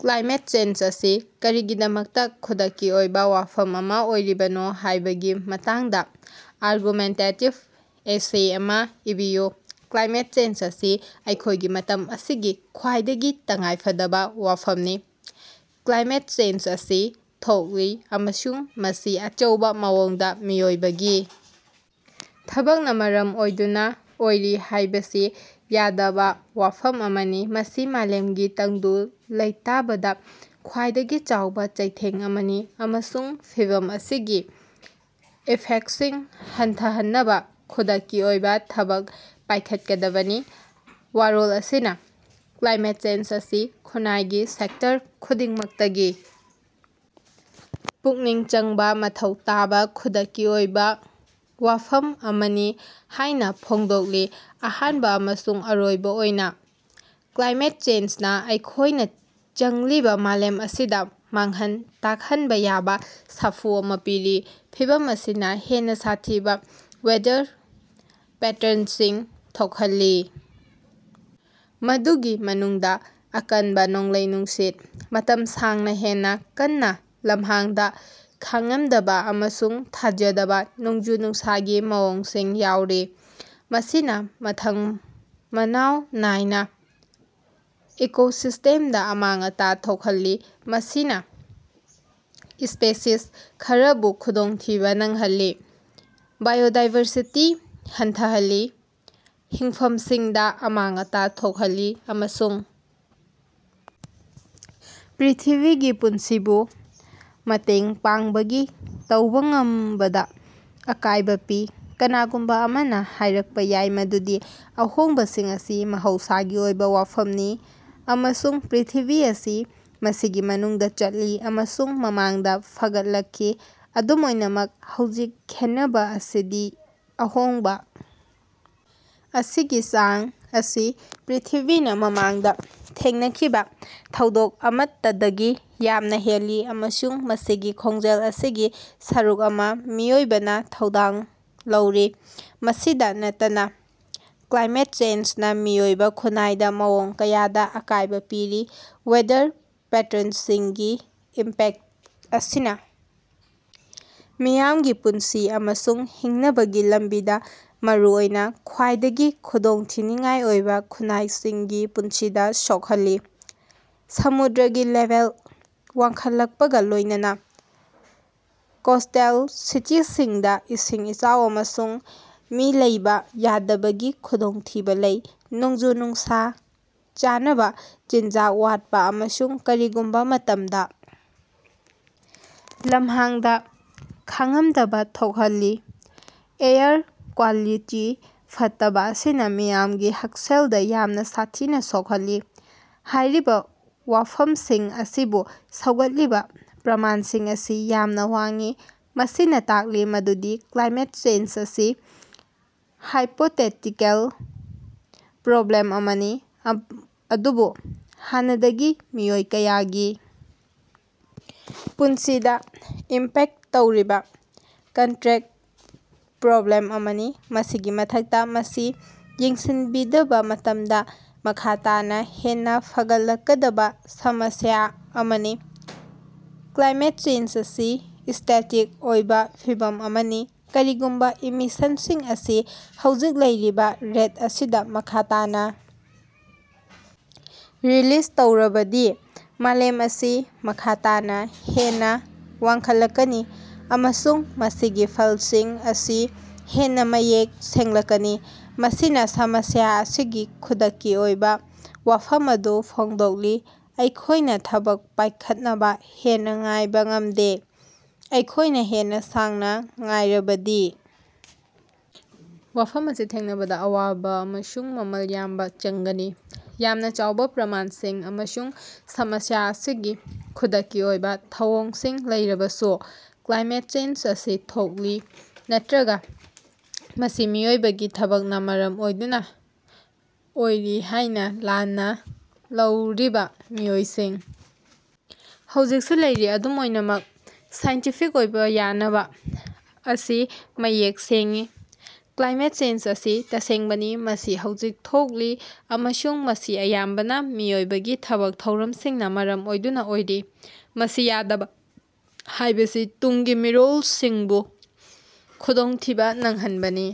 Climate change ꯑꯁꯤ ꯀꯔꯤꯒꯤꯗꯃꯛꯇ ꯈꯨꯗꯛꯀꯤ ꯑꯣꯏꯕ ꯋꯥꯐꯝ ꯑꯃ ꯑꯣꯏꯔꯤꯕꯅꯣ ꯍꯥꯌꯕꯒꯤ ꯃꯇꯥꯡꯗ ꯑꯥꯔꯒꯨꯃꯦꯟꯇꯦꯇꯤꯕ ꯑꯦꯁꯦ ꯑꯃ ꯏꯕꯤꯌꯨ꯫ ꯀ꯭ꯂꯥꯏꯃꯦꯠ ꯆꯦꯟꯖ ꯑꯁꯤ ꯑꯩꯈꯣꯌꯒꯤ ꯃꯇꯝ ꯑꯁꯤꯒꯤ ꯈ꯭ꯋꯥꯏꯗꯒꯤ ꯇꯉꯥꯏꯐꯗꯕ ꯋꯥꯐꯝꯅꯤ꯫ ꯀ꯭ꯂꯥꯏꯃꯦꯠ ꯆꯦꯟꯖ ꯑꯁꯤ ꯊꯣꯛꯂꯤ ꯑꯃꯁꯨꯡ ꯃꯁꯤ ꯑꯆꯧꯕ ꯃꯑꯣꯡꯗ ꯃꯤꯑꯣꯏꯕꯒꯤ ꯊꯕꯛꯅ ꯃꯔꯝ ꯑꯣꯏꯗꯨꯅ ꯑꯣꯏꯔꯤ ꯍꯥꯌꯕꯁꯤ ꯌꯥꯗꯕ ꯋꯥꯐꯝ ꯑꯃꯅꯤ꯫ ꯃꯁꯤ ꯃꯥꯂꯦꯝꯒꯤ ꯇꯪꯗꯨ ꯂꯩꯇꯥꯕꯗ ꯈ꯭ꯆꯥꯏꯗꯒꯤ ꯆꯥꯎꯕ ꯆꯩꯊꯦꯡ ꯑꯃꯅꯤ, ꯑꯃꯁꯨꯡ ꯐꯤꯚꯝ ꯑꯁꯤꯒꯤ ꯏꯐꯦꯛꯇꯁꯤꯡ ꯍꯟꯊꯍꯟꯅꯕ ꯈꯨꯗꯛꯀꯤ ꯑꯣꯏꯕ ꯊꯕꯛ ꯄꯥꯌꯈꯠꯀꯗꯕꯅꯤ꯫ ꯋꯥꯔꯣꯜ ꯑꯁꯤꯅ ꯀ꯭ꯂꯥꯏꯃꯦꯠ ꯆꯦꯟꯖ ꯑꯁꯤ ꯈꯨꯟꯅꯥꯏꯒꯤ ꯁꯦꯛꯇꯔ ꯈꯨꯗꯤꯡꯃꯛꯇꯒꯤ ꯄꯨꯛꯅꯤꯡ ꯆꯪꯕ ꯃꯊꯧ ꯇꯥꯕ ꯈꯨꯗꯛꯀꯤ ꯑꯣꯏꯕ ꯋꯥꯐꯝ ꯑꯃꯅꯤ ꯍꯥꯌꯅ ꯐꯣꯡꯗꯣꯛꯂꯤ꯫ ꯑꯍꯥꯟꯕ ꯑꯃꯁꯨꯡ ꯑꯔꯣꯏꯕ ꯑꯣꯏꯅ, ꯀ꯭ꯂꯥꯏꯃꯦꯠ ꯆꯦꯟꯖꯅ ꯑꯩꯈꯣꯌꯅ ꯈꯪꯂꯤꯕꯥ ꯃꯥꯂꯦꯝ ꯑꯁꯤꯗ ꯃꯥꯡꯍꯟ ꯇꯥꯛꯍꯟꯕ ꯌꯥꯕ ꯁꯥꯐꯨ ꯑꯃ ꯄꯤꯔꯤ꯫ ꯐꯤꯚꯝ ꯑꯁꯤꯅ ꯍꯦꯟꯅ ꯁꯥꯊꯤꯕ ꯋꯦꯗꯔ ꯄꯦꯇꯔꯟꯁꯤꯡ ꯊꯣꯛꯍꯜꯂꯤ, ꯃꯗꯨꯒꯤ ꯃꯅꯨꯡꯗ ꯑꯀꯟꯕ ꯅꯣꯡꯂꯩ-ꯅꯨꯡꯁꯤꯠ, ꯃꯇꯝ ꯁꯥꯡꯅ ꯍꯦꯟꯅ ꯀꯟꯅ ꯂꯝꯍꯥꯡꯗ ꯈꯥꯡꯉꯝꯗꯕ, ꯑꯃꯁꯨꯡ ꯊꯥꯖꯗꯕ ꯅꯣꯡꯖꯨ-ꯅꯨꯡꯁꯥꯒꯤ ꯃꯑꯣꯡꯁꯤꯡ ꯌꯥꯎꯔꯤ꯫ ꯃꯁꯤꯅ ꯃꯊꯪ ꯃꯅꯥꯑꯣꯎ ꯅꯥꯏꯅ ꯏꯀꯣꯁꯤꯁ꯭ꯇꯦꯝꯗ ꯑꯃꯥꯡ-ꯑꯇꯥ ꯊꯣꯛꯍꯜꯂꯤ, ꯃꯁꯤꯅ ꯁ꯭ꯄꯦꯁꯤꯁ ꯈꯔꯕꯨ ꯈꯨꯗꯣꯡꯊꯤꯕ ꯅꯪꯍꯜꯂꯤ, ꯕꯥꯏꯑꯣꯗꯥꯏꯕꯔꯁꯤꯇꯤ ꯍꯟꯊꯍꯜꯂꯤ, ꯍꯤꯡꯐꯝꯁꯤꯡꯗ ꯑꯃꯥꯡ-ꯑꯇꯥ ꯊꯣꯛꯍꯜꯂꯤ ꯑꯃꯁꯨꯡ ꯄ꯭ꯔ꯭ꯤꯊꯤꯕꯤꯒꯤ ꯄꯨꯟꯁꯤꯕꯨ ꯃꯇꯦꯡ ꯄꯥꯡꯕꯒꯤ ꯇꯧꯕ ꯉꯝꯕꯗ ꯑꯀꯥꯌꯕ ꯄꯤ꯫ ꯀꯅꯥꯒꯨꯝꯕ ꯑꯃꯅ ꯍꯥꯌꯔꯛꯄ ꯌꯥꯏ ꯃꯗꯨꯗꯤ ꯑꯍꯣꯡꯕꯁꯤꯡ ꯑꯁꯤ ꯃꯍꯧꯁꯥꯒꯤ ꯑꯣꯏꯕ ꯋꯥꯐꯝꯅꯤ, ꯑꯃꯁꯨꯡ ꯄ꯭ꯔ꯭ꯤꯊꯤꯕꯤ ꯑꯁꯤ ꯃꯁꯤꯒꯤ ꯃꯅꯨꯡꯗ ꯆꯠꯈꯤ ꯑꯃꯁꯨꯡ ꯃꯃꯥꯡꯗ ꯐꯒꯠꯂꯛꯈꯤ꯫ ꯑꯗꯨꯝ ꯑꯣꯏꯅꯃꯛ ꯍꯧꯖꯤꯛ ꯈꯦꯟꯅꯕ ꯑꯁꯤꯗꯤ ꯑꯍꯣꯡꯕ ꯑꯁꯤꯒꯤ ꯆꯥꯡ ꯑꯁꯤ ꯄ꯭ꯔ꯭ꯤꯊꯤꯕꯤꯅ ꯃꯃꯥꯡꯗ ꯊꯦꯡꯅꯈꯤꯕ ꯊꯧꯗꯣꯛ ꯑꯃꯠꯇꯗꯒꯤ ꯌꯥꯝꯅ ꯍꯦꯜꯂꯤ ꯑꯃꯁꯨꯡ ꯃꯁꯤꯒꯤ ꯈꯣꯡꯖꯦꯜ ꯑꯁꯤꯒꯤ ꯁꯔꯨꯛ ꯑꯃ ꯃꯤꯑꯣꯏꯕꯅꯥ ꯊꯧꯗꯥꯡ ꯂꯧꯔꯤ꯫ ꯃꯁꯤꯗ ꯅꯠꯇꯅ ꯀ꯭ꯂꯥꯏꯃꯦꯠ ꯆꯦꯟꯖꯅ ꯃꯤꯑꯣꯏꯕꯥ ꯈꯨꯟꯅꯥꯏꯗ ꯃꯑꯣꯡ ꯀꯌꯥꯗ ꯑꯀꯥꯌꯕ ꯄꯤꯔꯤ꯫ ꯋꯦꯗꯔ ꯄꯦꯇꯔꯟꯁꯤꯡꯒꯤ ꯏꯝꯄꯦꯛꯇ ꯑꯁꯤꯅ ꯃꯤꯌꯥꯝꯒꯤ ꯄꯨꯟꯁꯤ ꯑꯃꯁꯨꯡ ꯍꯤꯡꯅꯕꯒꯤ ꯂꯝꯕꯤꯗ ꯃꯔꯨꯑꯣꯏꯅ ꯈ꯭ꯋꯥꯏꯗꯒꯤ ꯈꯨꯗꯣꯡꯊꯤꯅꯤꯉꯥꯏ ꯑꯣꯏꯕ ꯈꯨꯟꯅꯥꯏꯁꯤꯡꯒꯤ ꯄꯨꯟꯁꯤꯗ ꯁꯣꯛꯍꯜꯂꯤ꯫ ꯁꯃꯨꯗ꯭ꯔꯒꯤ ꯂꯦꯚꯦꯜ ꯋꯥꯡꯈꯠꯂꯛꯄꯒ ꯂꯣꯌꯅꯅ ꯀꯣꯁ꯭ꯇꯦꯜ ꯁꯤꯇꯤꯁꯤꯡꯗ ꯏꯁꯤꯡ ꯏꯆꯥꯎ ꯑꯃꯁꯨꯡ ꯃꯤ ꯂꯩꯕ ꯌꯥꯗꯕꯒꯤ ꯈꯨꯗꯣꯡꯊꯤꯕ ꯂꯩ꯫ ꯅꯣꯡꯖꯨ-ꯅꯨꯡꯁꯥꯅ ꯆꯥꯅꯕ ꯆꯤꯟꯖꯥꯛ ꯋꯥꯠꯄ ꯑꯃꯁꯨꯡ ꯀꯔꯤꯒꯨꯝꯕ ꯃꯇꯝꯗ ꯂꯝꯍꯥꯡꯗ ꯈꯥꯡꯉꯝꯗꯕ ꯊꯣꯛꯍꯜꯂꯤ꯫ ꯑꯦꯌꯔ ꯀ꯭ꯋꯥꯂꯤꯇꯤ ꯐꯠꯇꯕ ꯑꯁꯤꯅ ꯃꯤꯌꯥꯝꯒꯤ ꯍꯛꯁꯦꯜꯗ ꯌꯥꯝꯅ ꯁꯥꯊꯤꯅ ꯁꯣꯛꯍꯜꯂꯤ꯫ ꯍꯥꯌꯔꯤꯕ ꯋꯥꯐꯃꯝꯁꯤꯡ ꯑꯁꯤꯕꯨ ꯁꯧꯒꯠꯂꯤꯕ ꯄ꯭ꯔꯃꯥꯟꯁꯤꯡ ꯑꯁꯤ ꯌꯥꯝꯅ ꯋꯥꯡꯏ, ꯃꯁꯤꯅ ꯇꯥꯛꯂꯤ ꯃꯗꯨꯗꯤ ꯀ꯭ꯂꯥꯏꯃꯦꯠ ꯆꯦꯟꯖ ꯑꯁꯤ ꯍꯥꯏꯄꯣꯇꯦꯇꯤꯀꯜ ꯄ꯭ꯔꯣꯕ꯭ꯂꯦꯝ ꯑꯃꯅꯤ, ꯑꯗꯨꯕꯨ ꯍꯥꯟꯅꯗꯒꯤ ꯃꯤꯑꯣꯏ ꯀꯌꯥꯒꯤ ꯄꯨꯟꯁꯤꯗ ꯏꯝꯄꯦꯛꯇ ꯇꯧꯔꯤꯕ ꯀꯟꯇ꯭ꯔꯦꯛꯇ ꯄ꯭ꯔꯣꯕ꯭ꯂꯦꯝ ꯑꯃꯅꯤ꯫ ꯃꯁꯤꯒꯤ ꯃꯊꯛꯇ, ꯃꯁꯤ ꯌꯦꯡꯁꯤꯟꯕꯤꯗꯕ ꯃꯇꯝꯗ ꯃꯈꯥ ꯇꯥꯅ ꯍꯦꯟꯅ ꯐꯒꯠꯂꯛꯀꯗꯕ ꯁꯃꯁ꯭ꯌꯥ ꯑꯃꯅꯤ꯫ ꯀ꯭ꯂꯥꯏꯃꯦꯠ ꯆꯦꯟꯖ ꯑꯁꯤ ꯁ꯭ꯇꯦꯇꯤꯛ ꯑꯣꯏꯕꯥ ꯐꯤꯚꯝ ꯑꯃꯅꯤ, ꯀꯔꯤꯒꯨꯝꯕ ꯏꯃꯤꯁꯟꯁꯤꯡ ꯑꯁꯤ ꯍꯧꯖꯤꯛ ꯂꯩꯔꯤꯕ ꯔꯦꯠ ꯑꯁꯤꯗ ꯃꯈꯥ ꯇꯥꯅ ꯔꯤꯂꯤꯖ ꯇꯧꯔꯕꯗꯤ ꯃꯥꯂꯦꯝ ꯑꯁꯤ ꯃꯈꯥ ꯇꯥꯅ ꯍꯦꯟꯅ ꯋꯥꯡꯈꯠꯂꯛꯀꯅꯤ, ꯑꯃꯁꯨꯡ ꯃꯁꯤꯒꯤ ꯐꯜꯁꯤꯡ ꯑꯁꯤ ꯍꯦꯟꯅ ꯃꯌꯦꯛ ꯁꯦꯡꯂꯛꯀꯅꯤ꯫ ꯃꯁꯤꯅ ꯁꯃꯁ꯭ꯌꯥ ꯑꯁꯤꯒꯤ ꯈꯨꯗꯛꯀꯤ ꯑꯣꯏꯕ ꯋꯥꯐꯝ ꯑꯗꯨ ꯐꯣꯡꯗꯣꯛꯂꯤ ꯑꯩꯈꯣꯌꯅ ꯊꯕꯛ ꯄꯥꯌꯈꯠꯅꯕ ꯍꯦꯟꯅ ꯉꯥꯏꯕ ꯉꯝꯗꯦ꯫ ꯑꯩꯈꯣꯌꯅ ꯍꯦꯟꯅ ꯁꯥꯡꯅ ꯉꯥꯏꯔꯕꯗꯤ, ꯋꯥꯐꯝ ꯑꯁꯤ ꯊꯦꯡꯅꯕꯗ ꯑꯋꯥꯕ ꯑꯃꯁꯨꯡ ꯃꯃꯜ ꯌꯥꯝꯅ ꯆꯪꯒꯅꯤ꯫ ꯌꯥꯝꯅ ꯆꯥꯎꯕ ꯄ꯭ꯔꯃꯥꯟꯁꯤꯡ ꯑꯃꯁꯨꯡ ꯁꯃꯁ꯭ꯌꯥ ꯑꯁꯤꯒꯤ ꯈꯨꯗꯛꯀꯤ ꯑꯣꯏꯕ ꯊꯧꯑꯣꯡꯁꯤꯡ ꯂꯩꯔꯕꯁꯨ, ꯀ꯭ꯂꯥꯏꯃꯦꯠ ꯆꯦꯟꯖ ꯑꯁꯤ ꯊꯣꯛꯂꯤ ꯅꯠꯇ꯭ꯔꯒꯥ ꯃꯁꯤ ꯃꯤꯑꯣꯏꯕꯒꯤ ꯊꯕꯛꯅ ꯃꯔꯝ ꯑꯣꯏꯗꯨꯅ ꯑꯣꯏꯔꯤ ꯍꯥꯌꯅ ꯂꯥꯟꯅ ꯂꯧꯔꯤꯕ ꯃꯤꯑꯣꯏꯁꯤꯡ ꯍꯧꯖꯤꯛꯁꯨ ꯂꯩꯔꯤ꯫ ꯑꯗꯨꯝ ꯑꯣꯏꯅꯃꯛ, ꯁꯥꯏꯟꯇꯤꯐꯤꯛ ꯑꯣꯏꯕ ꯌꯥꯅꯕ ꯑꯁꯤ ꯃꯌꯦꯛ ꯁꯦꯡꯏ: ꯀ꯭ꯂꯥꯏꯃꯦꯠ ꯆꯦꯟꯖ ꯑꯁꯤ ꯇꯁꯦꯡꯕꯅꯤ, ꯃꯁꯤ ꯍꯧꯖꯤꯛ ꯊꯣꯛꯂꯤ, ꯑꯃꯁꯨꯡ ꯃꯁꯤ ꯑꯌꯥꯝꯕꯅ ꯃꯤꯑꯣꯏꯕꯒꯤ ꯊꯕꯛ ꯊꯧꯔꯝꯁꯤꯡꯅ ꯃꯔꯝ ꯑꯣꯏꯗꯨꯅ ꯑꯣꯏꯔꯤ꯫ ꯃꯁꯤ ꯌꯥꯗꯕ ꯍꯥꯌꯕꯁꯤ ꯇꯨꯡꯒꯤ ꯃꯤꯔꯣꯜꯁꯤꯡꯕꯨ ꯈꯨꯗꯣꯡꯊꯤꯕ ꯅꯪꯍꯟꯕꯅꯤ꯫